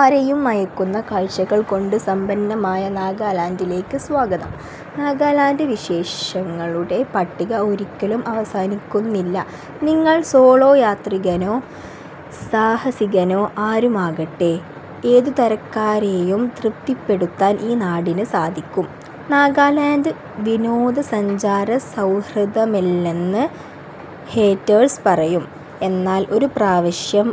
ആരേയും മയക്കുന്ന കാഴ്ച്ചകൾ കൊണ്ട് സമ്പന്നമായ നാഗാലാൻഡിലേക്ക് സ്വാഗതം. നാഗാലാന്റ് വിശേഷങ്ങളുടെ പട്ടിക ഒരിക്കലും അവസാനിക്കുന്നില്ല. നിങ്ങൾ സോളോ യാത്രികനോ സാഹസികനോ ആരുമാകട്ടെ ഏതുതരക്കാരേയും തൃപ്തിപ്പെടുത്താൻ ഈ നാടിന് സാധിക്കും. നാഗാലാന്റ് വിനോദസഞ്ചാര സൗഹൃദമല്ലെന്ന് ഹേറ്റേഴ്സ് പറയും. എന്നാൽ ഒരു പ്രാവശ്യം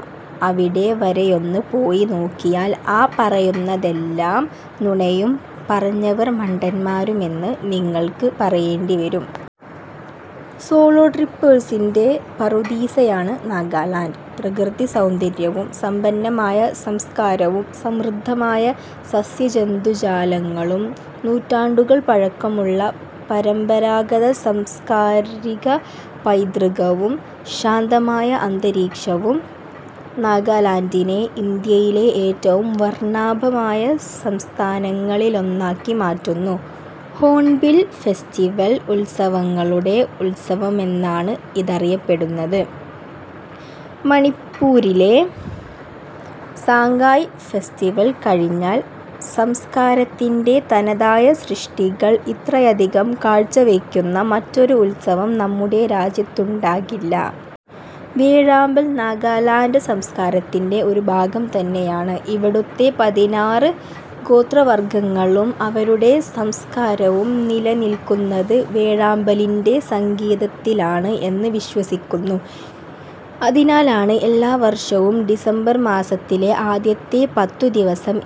അവിടെ വരെയൊന്ന് പോയി നോക്കിയാൽ ആ പറയുന്നതെല്ലാം നുണയും പറഞ്ഞവർ മണ്ടന്മാരുമെന്ന് നിങ്ങൾക്ക് പറയേണ്ടിവരും. സോളോ ട്രിപ്പേഴ്സിന്റെ പറുദീസയാണ് നാഗാലാൻഡ്. പ്രകൃതി സൗന്ദര്യവും സമ്പന്നമായ സംസ്കാരവും സമൃദ്ധമായ സസ്യജന്തുജാലങ്ങളും നൂറ്റാണ്ടുകൾ പഴക്കമുള്ള പരമ്പരാഗത സാംസ്കാരിക പൈതൃകവും, ശാന്തമായ അന്തരീക്ഷവും നാഗാലാന്റിനെ ഇന്ത്യയിലെ ഏറ്റവും വർണ്ണാഭമായ സംസ്ഥാനങ്ങളിലൊന്നാക്കി മാറ്റുന്നു. ഹോൺബിൽ ഫെസ്റ്റിവൽ ഉത്സവങ്ങളുടെ ഉത്സവമെന്നാണ് ഇതറിയപ്പെടുന്നത്. മണിപ്പുരിലെ സാംഗായ് ഫെസ്റ്റിവൽ കഴിഞ്ഞാൽ സംസ്കാരത്തിന്റെ തനതായ സൃഷ്ടികൾ ഇത്രയധികം കാഴ്ചവയ്ക്കുന്ന മറ്റൊരു ഉത്സവം നമ്മുടെ രാജ്യത്തുണ്ടാകില്ല. വേഴാമ്പൽ നാഗാലാന്റ് സംസ്കാരത്തിന്റെ ഒരു ഭാഗം തന്നെയാണ്. ഇവിടുത്തെ പതിനാറ് ഗോത്രവർഗ്ഗങ്ങളും അവരുടെ സംസ്കാരവും നിലനിൽക്കുന്നത് വേഴാമ്പലിന്റെ സംഗീതത്താലാണ് എന്ന് വിശ്വസിക്കുന്നു. അതിനാലാണ് എല്ലാ വർഷവും ഡിസംബർ മാസത്തിലെ ആദ്യത്തെ പത്തുദിവസം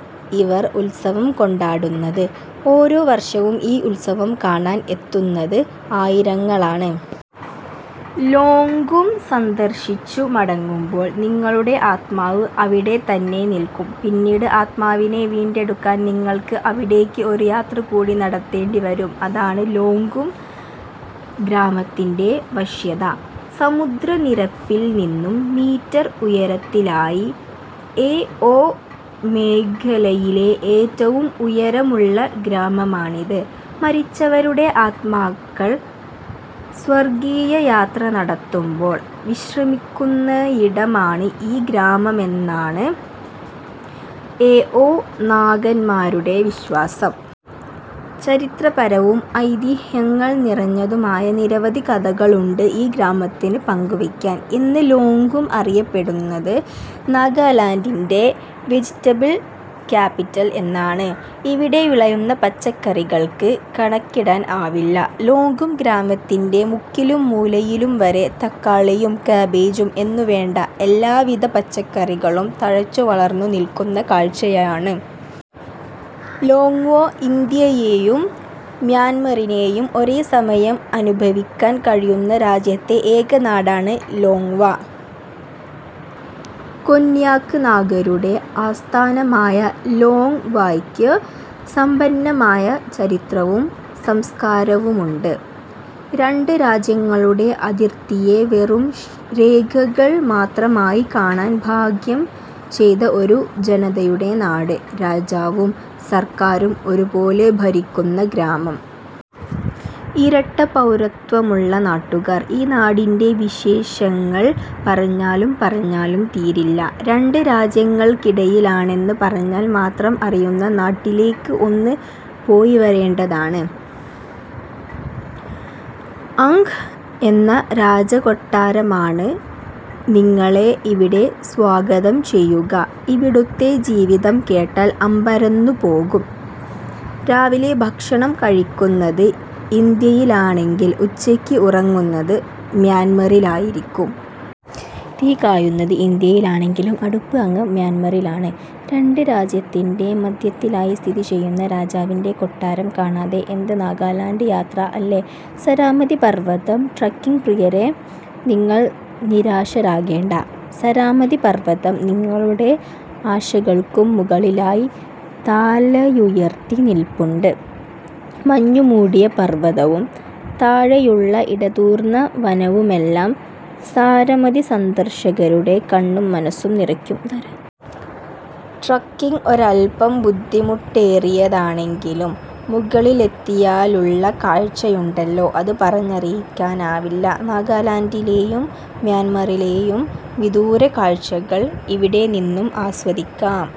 ഇവർ ഉത്സവം കൊണ്ടാടുന്നത്. ഓരോ വർഷവും ഈ ഉത്സവം കാണാൻ എത്തുന്നത് ആയിരങ്ങളാണ്. ലോങ്ങ്ഖും സന്ദർശിച്ചു മടങ്ങുമ്പോൾ നിങ്ങളുടെ ആത്മാവ് അവിടെ തന്നെ നിൽക്കും. പിന്നീട് ആത്മാവിനെ വീണ്ടെടുക്കാൻ നിങ്ങൾക്ക് അവിടേയ്ക്ക് ഒരു യാത്രകൂടി നടത്തേണ്ടിവരും അതാണ് ലോങ്ങ്ഖും ഗ്രാമത്തിന്റെ വശ്യത. സമുദ്രനിരപ്പിൽ നിന്നും മീറ്റർ ഉയരത്തിലായി എഓ മേഖലയിലെ ഏറ്റവും ഉയരമുള്ള ഗ്രാമമാണിത്. മരിച്ചവരുടെ ആത്മാക്കൾ സ്വർഗീയ യാത്ര നടത്തുമ്പോൾ വിശ്രമിക്കുന്നയിടമാണ് ഈ ഗ്രാമമെന്നാണ് എഓ നാഗന്മാരുടെ വിശ്വാസം. ചരിത്രപരവും ഐതിഹ്യങ്ങൾ നിറഞ്ഞതുമായ നിരവധി കഥകളുണ്ട് ഈ ഗ്രാമത്തിന് പങ്കുവയ്ക്കാൻ. ഇന്ന് ലോങ്ങ്ഖും അറിയപ്പെടുന്നത് നാഗാലാന്റിന്റെ ' വെജിറ്റബിൾ ക്യാപിറ്റൽ ' എന്നാണ്. ഇവിടെ വിളയുന്ന പച്ചകറികൾക്ക് കണക്കിടാൻ ആവില്ല. ലോങ്ങ്ഖും ഗ്രാമത്തിന്റെ മുക്കിലും മൂലയിലും വരെ തക്കാളിയും കാബേജും എന്നുവേണ്ട എല്ലാവിധ പച്ചക്കറികളും തഴച്ചുവളർന്നു നിൽക്കുന്ന കാഴ്ചയാണ്. ലോങ്വ ഇന്ത്യയെയും മ്യാന്മറിനെയും ഒരേസമയം അനുഭവിക്കാൻ കഴിയുന്ന രാജ്യത്തെ ഏക നാടാണ് ലോങ്ങ് വാ. കൊന്യാക് നാഗരുടെ ആസ്ഥാനമായ ലോങ്ങ് വായ്ക്ക് സമ്പന്നമായ ചരിത്രവും സംസ്കാരവുമുണ്ട്. രണ്ട് രാജ്യങ്ങളുടെ അതിർത്തിയെ വെറും രേഖകൾ മാത്രമായി കാണാൻ ഭാഗ്യം ചെയ്ത ഒരു ജനതയുടെ നാട്. രാജാവും സർക്കാരും ഒരുപോലെ ഭരിക്കുന്ന ഗ്രാമം. ഇരട്ടപൗരത്വമുള്ള നാട്ടുകാർ. ഈ നാടിന്റെ വിശേഷങ്ങൾ പറഞ്ഞാലും പറഞ്ഞാലും തീരില്ല. രണ്ട് രാജ്യങ്ങൾക്കിടയിലാണെന്ന് പറഞ്ഞാൽ മാത്രം അറിയുന്ന നാട്ടിലേക്ക് ഒന്ന് പോയിവരണ്ടേതാണ്. അങ്ഖ് എന്ന രാജാകൊട്ടാരമാണ് നിങ്ങളെ ഇവിടെ സ്വാഗതം ചെയ്യുക. ഇവിടുത്തെ ജീവിതം കേട്ടാൽ അമ്പരന്നുപോകും. രാവിലെ ഭക്ഷണം കഴിക്കുന്നത് ഇന്ത്യയിലാണെങ്കിൽ ഉച്ചയ്ക്ക് ഉറങ്ങുന്നത് മ്യാന്മാറിലായിരിക്കും. തീ കായുന്നത് ഇന്ത്യയിലാണെങ്കിലും അടുപ്പ് അങ്ങ് മ്യാന്മാറിലാണ്. രണ്ട് രാജ്യത്തിന്റെ മധ്യത്തിലായി സ്ഥിതിചെയ്യുന്ന രാജാവിന്റെ കൊട്ടാരം കാണാതെ എന്ത് നാഗാലാന്റ് യാത്ര അല്ലേ. സരാമതി പർവ്വതം ട്രക്കിംഗ് പ്രിയരെ നിങ്ങൾ നിരാശരാകേണ്ട. സരാമതി പർവ്വതം നിങ്ങളുടെ ആശകൾക്കും മുകളിലായി താലയുയർത്തി നിൽപ്പുണ്ട്. മഞ്ഞുമൂടിയ പർവ്വതവും താഴെയുള്ള ഇടതൂർന്ന വനവുമെല്ലാം സാരമതിസന്ദർഷകരുടെ കണ്ണും മനസ്സും നിറയ്ക്കും. ട്രക്കിംഗ് ഒരൽപ്പം ബുദ്ധിമുട്ടേറിയതാണെങ്കിലും മുകളിലെത്തിയാലുള്ള കാഴ്ചയുണ്ടല്ലോ അത് പറഞ്ഞറിയിക്കാനാവില്ല. നാഗാലാന്റിലേയും മ്യാന്മാറിലേയും വിദൂരകാഴ്ച്ചകൾ ഇവിടെനിന്നും ആസ്വദിക്കാം.